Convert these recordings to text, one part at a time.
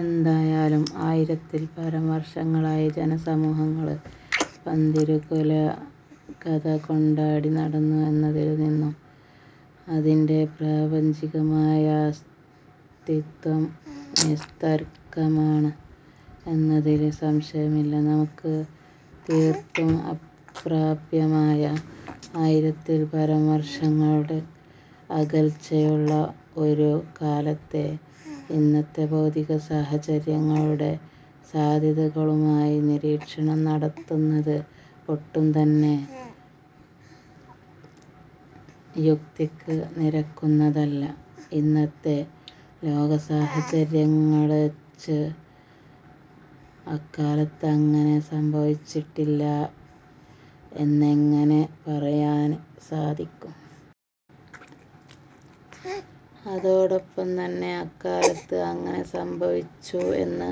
എന്തായാലും ആയിരത്തില്പരം വര്ഷങ്ങളായി ജനസമൂഹങ്ങള് പന്തിരുകുലകഥ കൊണ്ടാടി നടന്നു എന്നതില് നിന്നും അതിന്റെ പ്രാപഞ്ചികമായ അസ്തിത്വം നിസ്തര്ക്കമാണ് എന്നതില് സംശയമില്ല. നമുക്ക് തീര്ത്തും അപ്രാപ്യമായ ആയിരത്തില്പരം വര്ഷങ്ങളുടെ അകല്ച്ചയുള്ള ഒരു കാലത്തെ ഇന്നത്തെ ഭൗതികസാഹചര്യങ്ങളുടെ സാധ്യതകളുമായി നിരീക്ഷണം നടത്തുന്നത് ഒട്ടുംതന്നെ യുക്തിക്ക് നിരക്കുന്നതല്ല. ഇന്നത്തെ ലോകസാഹചര്യങ്ങള്വെച്ച് അക്കാലത്തങ്ങനെ സംഭവിച്ചിട്ടില്ല എന്നെങ്ങനെ പറയാന് സാധിക്കും. അതോടൊപ്പംതന്നെ അക്കാലത്ത് അങ്ങനെ സംഭവിച്ചു എന്ന്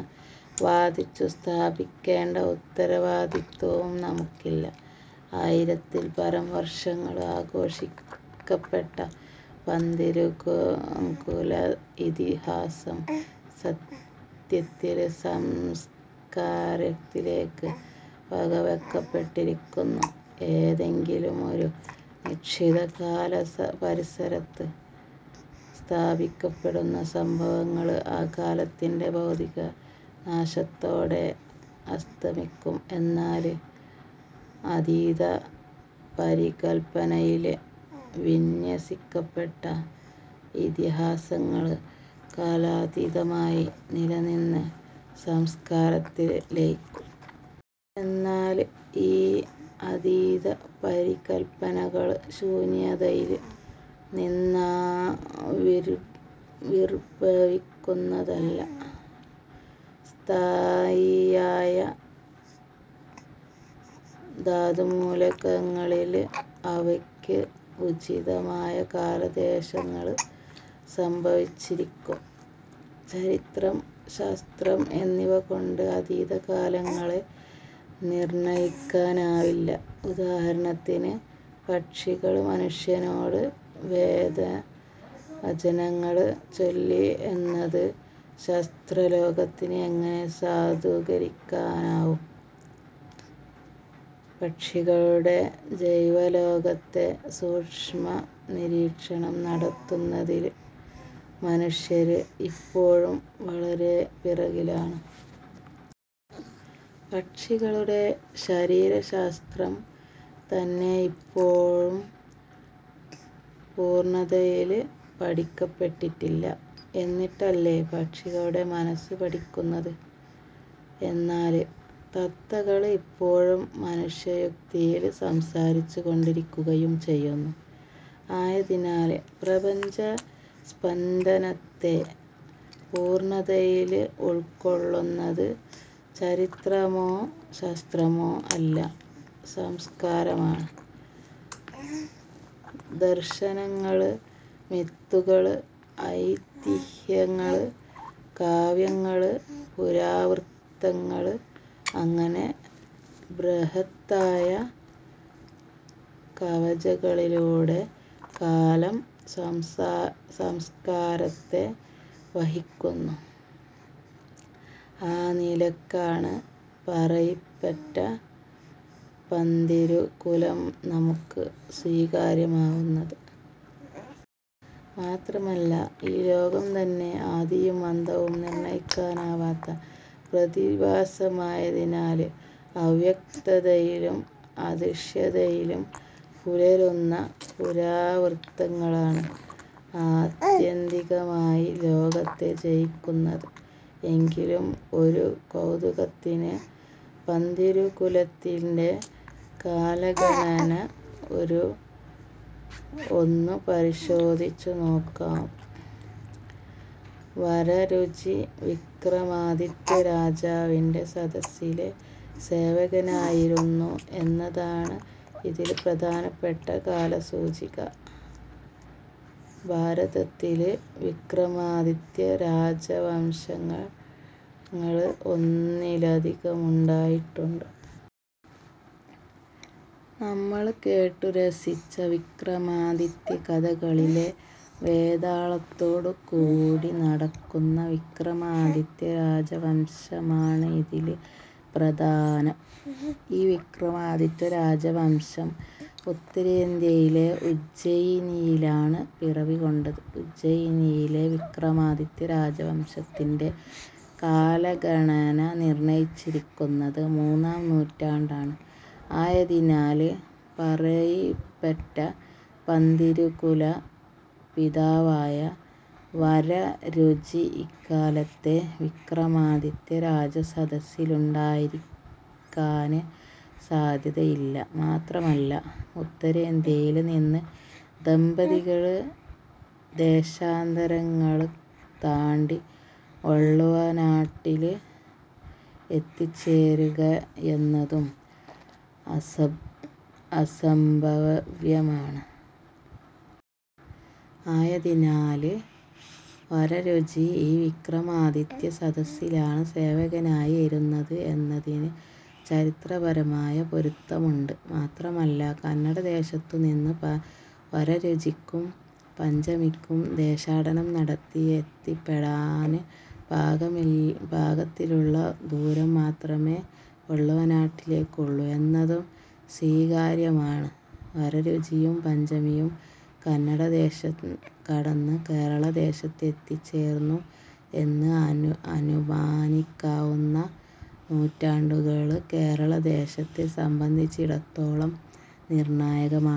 വാദിച്ചു സ്ഥാപിക്കേണ്ട ഉത്തരവാദിത്വവും നമുക്കില്ല. ആയിരത്തില്പരം വര്ഷങ്ങള് ആഘോഷിക്കപ്പെട്ട പന്തിരുകുല ഇതിഹാസം സത്യത്തില് സംസ്കാരത്തിലേക്ക് വകവെക്കപ്പെട്ടിരിക്കുന്നു. ഏതെങ്കിലുമൊരു നിശ്ചിതകാല പരിസരത്ത് സ്ഥാപിക്കപ്പെടുന്ന സംഭവങ്ങള് ആ കാലത്തിന്റെ ഭൗതിക നാശത്തോടെ അസ്തമിക്കും. എന്നാല് അതീത പരികല്പനയില് വിന്യസിക്കപ്പെട്ട ഇതിഹാസങ്ങള് കാലാതീതമായി നിലനിന്ന് 'സംസ്കാര'ത്തില് ലയിക്കും. എന്നാല് ഈ അതീതപരികല്പനകള് ശൂന്യതയില് നിന്നാവിര്ഭവിക്കുന്നതല്ല. സ്ഥായിയായ ധാതുമൂലകങ്ങളില് അവയ്ക്ക് ഉചിതമായ കാലദേശങ്ങള് സംഭവിച്ചിരിക്കും. ചരിത്രം ശാസ്ത്രം എന്നിവകൊണ്ട് അതീത കാലങ്ങളെ നിര്ണയിക്കാനാവില്ല. ഉദാഹരണത്തിന് പക്ഷികള് മനുഷ്യനോട് വേദവചനങ്ങള് ചൊല്ലി എന്നത് ശാസ്ത്രലോകത്തിന് എങ്ങനെ സാധൂകരിക്കാനാവും. പക്ഷികളുടെ ജൈവലോകത്തെ സൂക്ഷ്മനിരീക്ഷണം നടത്തുന്നതില് മനുഷ്യര് ഇപ്പോഴും വളരെ പിറകിലാണ്. പക്ഷികളുടെ ശരീരശാസ്ത്രം തന്നെ ഇപ്പോഴും പൂര്ണതയില് പഠിക്കപ്പെട്ടിട്ടില്ല. എന്നിട്ടല്ലേ പക്ഷികളുടെ മനസ്സ് പഠിക്കുന്നത്. എന്നാല് തത്തകള് ഇപ്പോഴും മനുഷ്യയുക്തിയില് സംസാരിച്ചുകൊണ്ടിരിക്കുകയും ചെയ്യുന്നു. ആയതിനാല് പ്രപഞ്ച സ്പന്ദനത്തെ പൂര്ണതയില് ഉള്ക്കൊള്ളുന്നത് ചരിത്രമോ ശാസ്ത്രമോ അല്ല സംസ്കാരമാണ്. ദര്ശനങ്ങള്, മിത്തുകള്, ഐതിഹ്യങ്ങള്, കാവ്യങ്ങള്, പുരാവൃത്തങ്ങള് അങ്ങനെ ബൃഹത്തായ കവചങ്ങളിലൂടെ കാലം സംസ്കാരത്തെ വഹിക്കുന്നു. ആ നിലയ്ക്കാണ് പറയിപെറ്റ പന്തിരുകുലം നമുക്ക് സ്വീകാര്യമാവുന്നത്. മാത്രമല്ല ഈ ലോകംതന്നെ ആദിയും അന്തവും നിര്ണയിക്കാനാവാത്ത പ്രതിഭാസമായതിനാല് അവ്യക്തതയിലും അദൃശ്യതയിലും പുലരുന്ന പുരാവൃത്തങ്ങളാണ് ആത്യന്തികമായി ലോകത്തെ ജയിക്കുന്നത്. എങ്കിലും ഒരു കൗതുകത്തിന് പന്തിരുകുലത്തിന്റെ കാലഗണന ഒന്നു പരിശോധിച്ചുനോക്കാം. വരരുചി വിക്രമാദിത്യരാജാവിന്റെ സദസ്സിലെ സേവകനായിരുന്നു എന്നതാണ് ഇതില് പ്രധാനപ്പെട്ട കാലസൂചിക. ഭാരതത്തില് വിക്രമാദിത്യ രാജവംശങ്ങള് ഒന്നിലധികമുണ്ടായിട്ടുണ്ട്. നമ്മള് കേട്ടുരസിച്ച വിക്രമാദിത്യകഥകളിലെ വേതാളത്തോടുകൂടി നടക്കുന്ന വിക്രമാദിത്യ രാജവംശമാണ് ഇതില് പ്രധാനം. ഈ വിക്രമാദിത്യ രാജവംശം ഉത്തരേന്ത്യയിലെ ഉജ്ജയിനിയിലാണ് പിറവികൊണ്ടത്. ഉജ്ജയിനിയിലെ വിക്രമാദിത്യ രാജവംശത്തിന്റെ കാലഗണന നിര്ണയിച്ചിരിക്കുന്നത് മൂന്നാംനൂറ്റാണ്ടാണ്. ആയതിനാല് പറയിപെറ്റ പന്തിരുകുല പിതാവായ വരരുചി ഇക്കാലത്തെ വിക്രമാദിത്യ രാജസദസ്സിലുണ്ടായിരിക്കാന് സാധ്യതയില്ല. മാത്രമല്ല ഉത്തരേന്ത്യയില് നിന്ന് ദമ്പതികള് ദേശാന്തരങ്ങള് താണ്ടി വള്ളുവനാട്ടില് എത്തിച്ചേരുകയെന്നതും അസംഭവ്യമാണ്. ആയതിനാല് വരരുചി ഈ വിക്രമാദിത്യ സദസ്സിലാണ് സേവകനായി ഇരുന്നത് എന്നതിന് ചരിത്രപരമായ പൊരുത്തമുണ്ട്. മാത്രമല്ല. കന്നഡദേശത്തുനിന്ന് വരരുചിക്കും പഞ്ചമിക്കും ദേശാടനം നടത്തി എത്തിപ്പെടാന് പാകത്തിലുള്ള ദൂരം മാത്രമേ വള്ളുവനാട്ടിലേക്കുള്ളൂ എന്നതും സ്വീകാര്യമാണ്. വരരുചിയും പഞ്ചമിയും കന്നഡദേശം കടന്ന് കേരളദേശത്തെത്തിച്ചേര്ന്നു എന്ന് അനുമാനിക്കാവുന്ന നൂറ്റാണ്ടുകള് കേരളദേശത്തെ സംബന്ധിച്ചിടത്തോളം നിര്ണായകമാണ്.